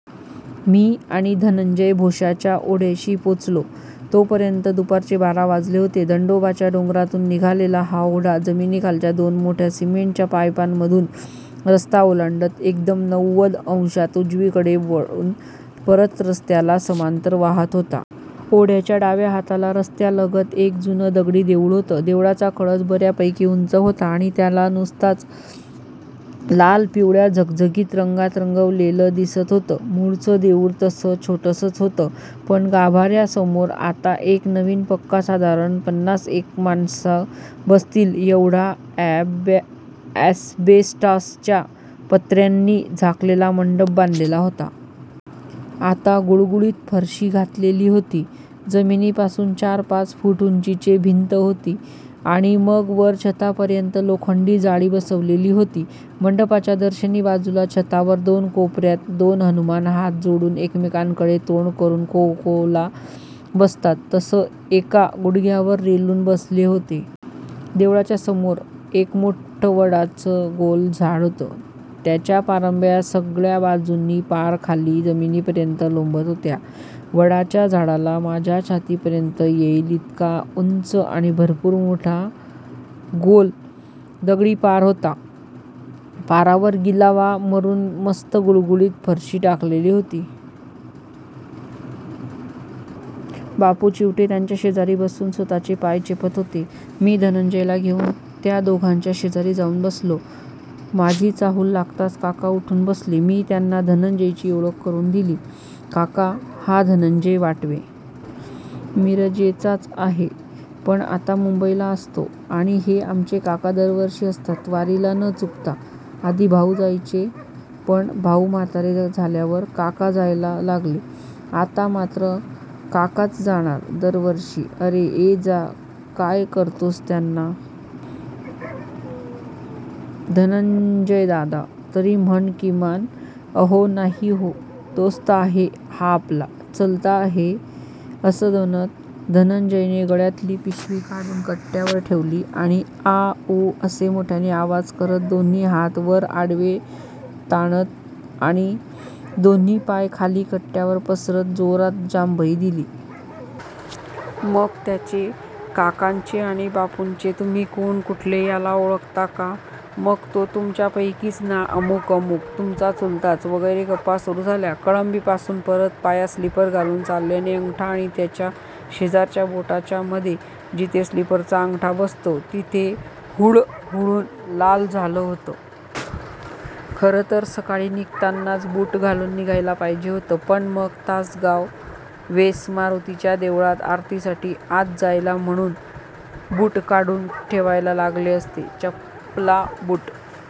मी आणि धनंजय भोश्याच्या ओढ्याशी पोचलो तोपर्यंत दुपारचे बारा वाजले होते. दंडोबाच्या डोंगरातून निघालेला हा ओढा, जमिनीखालच्या दोन मोठ्या सिमेंटच्या पायपांमधून रस्ता ओलांडत एकदम नव्वद अंशात उजवीकडे वळून परत रस्त्याला समांतर वाहत होता. ओढ्याच्या डाव्या हाताला, रस्त्यालगत एक जुनं दगडी देउळ होतं. देवळाचा कळस बर्यापैकी उंच होता आणि त्याला नुकतच लाल-पिवळ्या झगझगीत रंगात रंगवलेलं दिसत होतं. मूळचं देउळ तसं छोटसंच होतं. पण गाभार्यासमोर आता एक नवीन पक्का, साधारण पन्नास एक माणसं बसतील एव्हडा अॅस्बेस्टॉसच्या पत्र्यांनी झाकलेला मंडप बांधलेला होता. आत गुळगुळीत फरशी घातलेली होती. जमिनीपासून चार-पाच फूट उंचीची भिंत होती आणि मग वर छतापर्यंत लोखंडी जाळी बसवलेली होती. मंडपाच्या दर्शनी बाजूला, छतावर दोन कोपर्यात दोन हनुमान हात जोडून, एकमेकांकडे तोंड करुन, खोखोला बसतात तसं एका गुढग्यावर रेलून बसले होते. देवळाच्या समोर एक मोठ्ठं वडाचं गोल झाड होतं. त्याच्या पारंब्या सगळ्या बाजूंनी पार खाली जमिनीपर्यंत लोंबत होत्या. वडाच्या झाडाला माझ्या छातीपर्यंत येइल इतका उंच आणि भरपूर मोठा गोल दगडी पार होता. पारावर गिलावा करुन मस्त गुळगुळीत फरशी टाकलेली होती. बापू चिवटे त्यांच्या शेजारी बसून स्वतःचे पाय चेपत होते. मी धनंजयला घेउन त्या दोघांच्या शेजारी जाउन बसलो. माझी चाहूल लागताच काका उठून बसले. मी त्यांना धनंजयची ओळख करुन दिली. काका, हा धनंजय वाटवे. मिरजेचाच आहे, पण आता मुंबईला असतो. आणि हे आमचे काका! दरवर्षी असतात वारीला. न चूकता. आधी भाउ जायचे. पण भाउ म्हातारे झाल्यावर काका जायला लागले. आता मात्र काकाच जाणार दरवर्षी. अरे ए-जा काय करतोस त्यांना. धनंजयदादा तरी म्हण किमान. अहो नाही हो. दोस्त आहे हा आपला. चलता है. असं म्हणत धनंजयने गळ्यातली पिशवी काढून कट्ट्यावर ठेवली आणि आं उं असे मोठ्याने आवाज करत, दोन्ही हात वर-आडवे ताणत आणि दोन्ही पाय खाली कट्ट्यावर पसरत जोरात जांभई दिली. मग त्याचे, काकांचे आणि बापूंचे, तुम्ही कोण, कुठले, ह्याला ओळखता का, मग तो तुमच्यापैकीच ना, अमूक अमूक तुमचा चुलताच वगैरे गप्पा सुरु झाल्या. कळंबीपासून परत पायात स्लीपर घालून चालल्यानं, अंगठा आणि त्याच्या शेजारच्या बोटाच्यामध्ये, जिथे स्लीपरचा अंगठा बसतो, तिथे हुळहुळुन लाल झालं होतं. खरतर सकाळी निघतानाच बूट घालून निघायला पाहिजे होतं. पण मग तासगाव वेस मारुतीच्या देवळात आरतीसाठी आत जायला म्हणुन बूट काढून ठेवायला लागले असते. चपला-बूट